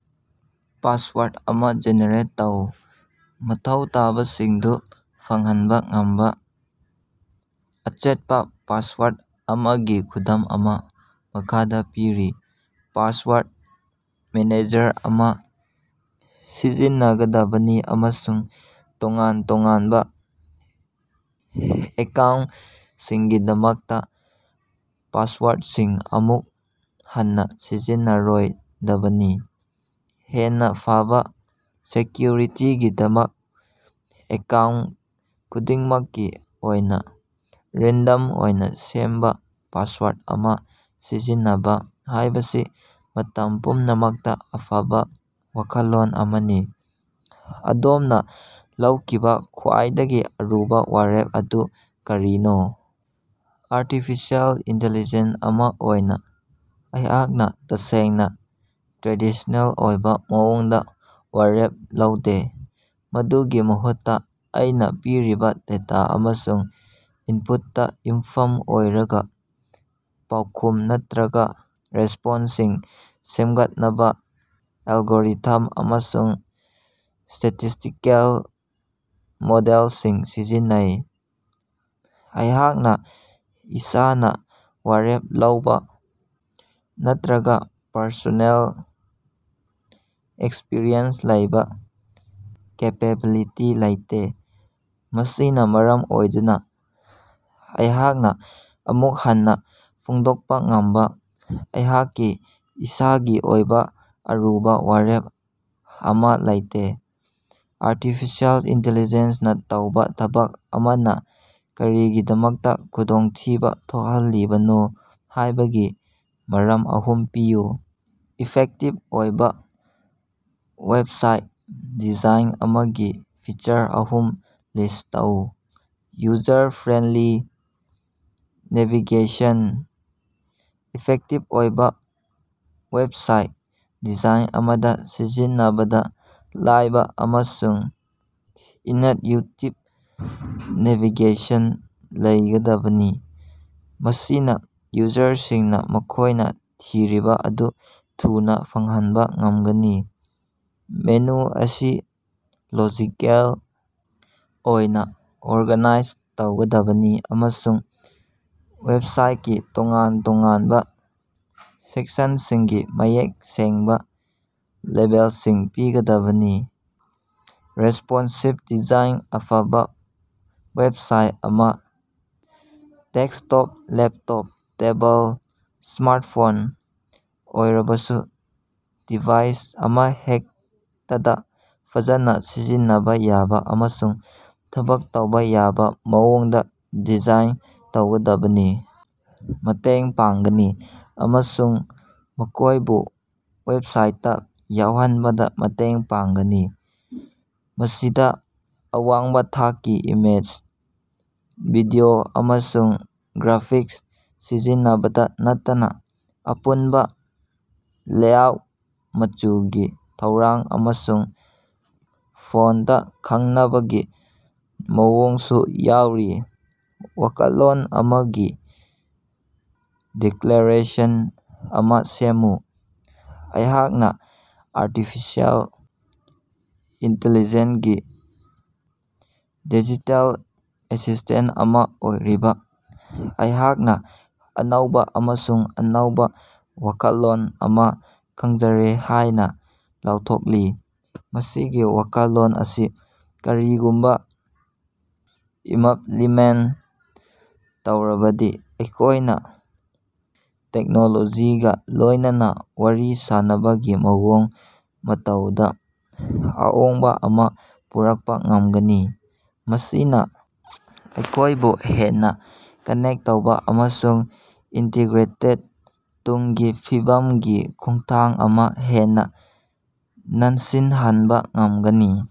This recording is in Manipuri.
ꯄꯥꯁꯋꯥꯔꯗ ꯑꯃꯥ ꯖꯦꯅꯦꯔꯦꯠ ꯇꯧ꯫ ꯃꯊꯧ ꯇꯥꯕꯁꯤꯡꯗꯨ ꯐꯪꯍꯟꯕ ꯉꯝꯕ ꯑꯆꯦꯠꯄꯥ ꯄꯥꯁꯋꯥꯔꯗ ꯑꯃꯥꯒꯤ ꯈꯨꯗꯝ ꯑꯃꯥ ꯃꯈꯥꯗꯥ ꯄꯤꯔꯤ, ꯄꯥꯁꯋꯥꯔꯗ ꯃꯦꯅꯦꯖꯔ ꯑꯃꯥ ꯁꯤꯖꯤꯟꯅꯒꯗꯕꯅꯤ ꯑꯃꯁꯨꯡ ꯇꯣꯉꯥꯟ-ꯇꯣꯉꯥꯟꯕ ꯑꯦꯀꯥꯎꯟꯇꯁꯤꯡꯒꯤꯗꯃꯛꯇꯥ ꯄꯥꯁꯋꯥꯔꯗꯁꯤꯡ ꯑꯃꯨꯛ ꯍꯟꯅꯥ ꯁꯤꯖꯤꯟꯅꯔꯣꯏꯗꯕꯅꯤ꯫ ꯍꯦꯟꯅ ꯐꯕꯥ ꯁꯦꯛꯌꯨꯔꯤꯇꯤꯒꯤꯗꯃꯛ ꯑꯦꯀꯥꯎꯟꯇ ꯈꯨꯗꯤꯡꯃꯛꯀꯤ ꯑꯣꯏꯅꯥ ꯔꯦꯟꯗꯝ ꯑꯣꯏꯅ ꯁꯦꯝꯕ ꯄꯥꯁꯋꯥꯔꯗ ꯑꯃꯥ ꯁꯤꯖꯤꯟꯅꯕ ꯍꯥꯏꯕꯁꯤ ꯃꯇꯝ ꯄꯨꯝꯅꯃꯛꯇꯥ ꯑꯐꯕ ꯋꯥꯈꯜꯂꯣꯟ ꯑꯃꯅꯤ꯫ ꯑꯗꯣꯝꯅꯥ ꯂꯧꯈꯤꯕꯥ ꯈ꯭ꯋꯥꯏꯗꯒꯤ ꯑꯔꯨꯕꯥ ꯋꯥꯔꯦꯞ ꯑꯗꯨ ꯀꯔꯤꯅꯣ? ꯑ꯭ꯔꯇꯤꯐꯤꯁꯦꯜ ꯏꯟꯇꯦꯜꯂꯤꯖꯦꯟ ꯑꯃꯥ ꯑꯣꯏꯅ ꯑꯩꯍꯥꯛꯅ ꯇꯁꯦꯡꯅ ꯇ꯭ꯔꯦꯗꯤꯁ꯭ꯅꯦꯜ ꯑꯣꯏꯕ ꯃꯑꯣꯡꯗ ꯋꯥꯔꯦꯞ ꯂꯧꯗꯦ꯫ ꯃꯗꯨꯒꯤ ꯃꯍꯨꯠꯇꯥ, ꯑꯩꯅꯥ ꯄꯤꯔꯤꯕ ꯗꯦꯇꯥ ꯑꯃꯁꯨꯡ ꯏꯟꯄꯨꯠꯇꯥ ꯌꯨꯝꯐꯝ ꯑꯣꯏꯔꯒꯥ ꯄꯥꯎꯈꯨꯝ ꯅꯠꯇ꯭ꯔꯒ ꯔꯦꯁ꯭ꯄꯣꯟꯁꯁꯤꯡ ꯁꯦꯝꯒꯠꯅꯕ ꯑꯦꯂꯒꯣꯔꯤꯊꯝ ꯑꯃꯁꯨꯡ ꯁ꯭ꯇꯦꯇꯤꯁ꯭ꯇꯤꯀꯦꯜ ꯃꯣꯗꯦꯜꯁꯤꯡ ꯁꯤꯖꯤꯟꯅꯩ꯫ ꯑꯩꯍꯥꯛꯅ ꯏꯁꯥꯅꯥ ꯋꯥꯔꯦꯞ ꯂꯧꯕ ꯅꯠꯇ꯭ꯔꯒ ꯄꯔꯁꯣꯅꯦꯜ ꯑꯦꯛꯁꯄꯔꯤꯌꯦꯟꯁ ꯂꯩꯕ ꯀꯦꯄꯦꯕꯤꯂꯤꯇꯤ ꯂꯩꯇꯦ꯫ ꯃꯁꯤꯅ ꯃꯔꯝ ꯑꯣꯏꯗꯨꯅ ꯑꯩꯍꯥꯛꯅ ꯑꯃꯨꯛ ꯍꯟꯅꯥ ꯐꯣꯡꯗꯣꯛꯄꯥ ꯉꯝꯕ ꯑꯩꯍꯥꯛꯀꯤ ꯏꯁꯥꯒꯤ ꯑꯣꯏꯕ ꯑꯔꯨꯕ ꯋꯥꯔꯦꯞ ꯑꯃꯥ ꯂꯩꯇꯦ꯫ ꯑ꯭ꯔꯇꯤꯐꯤꯁꯦꯜ ꯏꯟꯇꯦꯜꯂꯤꯖꯦꯟꯅꯥ ꯇꯧꯕ ꯊꯕꯛ ꯑꯃꯅꯥ ꯀꯔꯤꯒꯤꯗꯃꯛꯇꯥ ꯈꯨꯗꯣꯡꯊꯤꯕ ꯊꯣꯛꯍꯜꯂꯤꯕꯅꯣ ꯍꯥꯏꯕꯒꯤ ꯃꯔꯝ ꯑꯍꯨꯝ ꯄꯤꯌꯨ꯫ ꯏꯐꯦꯛꯇꯤꯚ ꯑꯣꯏꯕ ꯋꯦꯕꯁꯥꯏꯠ ꯗꯤꯖꯥꯏꯟ ꯑꯃꯒꯤ ꯐꯤꯆꯔ ꯑꯍꯨꯝ ꯂꯤꯁ꯭ꯠ ꯇꯧ꯫ ꯌꯨꯖꯔ-ꯐ꯭ꯔꯦꯟꯗꯂꯤ ꯅꯦꯚꯤꯒꯦꯁꯟ: ꯏꯐꯦꯛꯇꯤꯕ ꯑꯣꯏꯕꯥ ꯋꯦꯕꯁꯥꯏꯠ ꯗꯤꯖꯥꯏꯟ ꯑꯃꯗꯥ ꯁꯤꯖꯤꯟꯅꯕꯗ ꯂꯥꯏꯕ ꯑꯃꯁꯨꯡ ꯏꯅꯠꯌꯨꯇꯤꯕ ꯅꯦꯚꯤꯒꯦꯁꯟ ꯂꯩꯒꯗꯕꯅꯤ, ꯃꯁꯤꯅꯥ ꯌꯨꯖꯔꯁꯤꯡꯅ ꯃꯈꯣꯏꯅ ꯊꯤꯔꯤꯕ ꯑꯗꯨ ꯊꯨꯅꯥ ꯐꯪꯍꯟꯕ ꯉꯝꯒꯅꯤ꯫ ꯃꯦꯅꯨ ꯑꯁꯤ ꯂꯣꯖꯤꯀꯦꯜ ꯑꯣꯏꯅ ꯑꯣꯔꯒꯥꯅꯥꯏꯖ ꯇꯧꯒꯗꯕꯅꯤ ꯑꯃꯁꯨꯡ ꯋꯦꯕꯁꯥꯏꯠꯀꯤ ꯇꯣꯉꯥꯟ-ꯇꯣꯉꯥꯟꯕ ꯁꯦꯛꯁꯟꯁꯤꯡꯒꯤ ꯃꯌꯦꯛ ꯁꯦꯡꯕꯥ ꯂꯦꯕꯦꯜꯁꯤꯡ ꯄꯤꯒꯗꯕꯅꯤ꯫ ꯔꯦꯁ꯭ꯄꯣꯟꯁꯤꯕ ꯗꯤꯖꯥꯏꯟ ꯑꯐꯕꯥ ꯋꯦꯕꯁꯥꯏꯠ ꯑꯃꯥ ꯗꯦꯁ꯭ꯀꯇꯣꯞ, ꯂꯦꯞꯇꯣꯞ, ꯇꯦꯕꯜ, ꯁ꯭ꯃꯥꯔꯇꯐꯣꯟ ꯑꯣꯏꯔꯕꯁꯨ ꯗꯤꯚꯥꯏꯁ ꯑꯃꯍꯦꯛꯇꯗꯥ ꯐꯖꯅ ꯁꯤꯖꯤꯟꯅꯕ ꯌꯥꯕ ꯑꯃꯁꯨꯡ ꯊꯕꯛ ꯇꯧꯕ ꯌꯥꯕ ꯃꯑꯣꯡꯗꯥ ꯗꯤꯖꯥꯏꯟ ꯇꯧꯒꯗꯕꯅꯤ꯫ ꯃꯇꯦꯡ ꯄꯥꯡꯒꯅꯤ ꯑꯃꯁꯨꯡ ꯃꯈꯣꯏꯕꯨ ꯋꯦꯕꯁꯥꯏꯠꯇꯥ ꯌꯥꯎꯍꯟꯕꯗ ꯃꯇꯦꯡ ꯄꯥꯡꯒꯅꯤ꯫ ꯃꯁꯤꯗꯥ ꯑꯋꯥꯡꯕ ꯊꯥꯛꯀꯤ ꯏꯃꯦꯖ, ꯚꯤꯗꯤꯑꯣ, ꯑꯃꯁꯨꯡ ꯒ꯭ꯔꯥꯐꯤꯛꯁ ꯁꯤꯖꯤꯟꯅꯕꯇꯥ ꯅꯠꯇꯅꯥ ꯑꯄꯨꯟꯕ ꯂꯦꯑꯥꯎꯠ, ꯃꯆꯨꯒꯤ ꯊꯧꯔꯥꯡ, ꯑꯃꯁꯨꯡ ꯐꯣꯟꯇ ꯈꯪꯅꯕꯒꯤ ꯃꯑꯣꯡꯁꯨ ꯌꯥꯎꯔꯤ꯫ ꯋꯥꯈꯜꯂꯣꯟ ꯑꯃꯥꯒꯤ ꯗꯤꯛꯂꯥꯔꯦꯁꯟ ꯑꯃꯥ ꯁꯦꯝꯃꯨ꯫ ꯑꯩꯍꯥꯛꯅꯥ ꯑ꯭ꯔꯇꯤꯐꯤꯁꯦꯜ ꯏꯟꯇꯦꯜꯂꯤꯖꯦꯟ ꯒꯤ ꯗꯤꯖꯤꯇꯦꯜ ꯑꯦꯁꯤꯁ꯭ꯇꯦꯟꯇ ꯑꯃꯥ ꯑꯣꯏꯔꯤꯕ ꯑꯩꯍꯥꯛꯅ ꯑꯅꯧꯕ ꯑꯃꯁꯨꯡ ꯑꯅꯧꯕ ꯋꯥꯈꯜꯂꯣꯟ ꯑꯃꯥ ꯈꯪꯖꯔꯦ ꯍꯥꯏꯅꯥ ꯂꯥꯎꯊꯣꯛꯂꯤ꯫ ꯃꯁꯤꯒꯤ ꯋꯥꯈꯜꯂꯣꯟ ꯑꯁꯤ ꯀꯔꯤꯒꯨꯝꯕ ꯏꯃꯞꯂꯤꯃꯦꯟꯇ ꯇꯧꯔꯕꯗꯤ ꯑꯩꯈꯣꯏꯅꯥ ꯇꯦꯛꯅꯣꯂꯣꯖꯤꯒꯥ ꯂꯣꯏꯅꯅꯥ ꯋꯥꯔꯤ ꯁꯥꯅꯕꯒꯤ ꯃꯑꯣꯡ ꯃꯇꯧꯗꯥ ꯑꯍꯣꯡꯕꯥ ꯑꯃꯥ ꯄꯨꯔꯛꯄꯥ ꯉꯝꯒꯅꯤ꯫ ꯃꯁꯤꯅꯥ ꯑꯩꯈꯣꯏꯕꯨ ꯍꯦꯟꯅꯥ ꯀꯅꯦꯛ ꯇꯧꯕ ꯑꯃꯁꯨꯡ ꯏꯟꯇꯤꯒ꯭ꯔꯦꯇꯦꯗ ꯇꯨꯡꯒꯤ ꯐꯤꯕꯝꯒꯤ ꯈꯣꯡꯊꯥꯡ ꯑꯃꯥ ꯍꯦꯟꯅꯥ ꯅꯟꯁꯤꯟꯍꯟꯕꯥ ꯉꯝꯒꯅꯤ꯫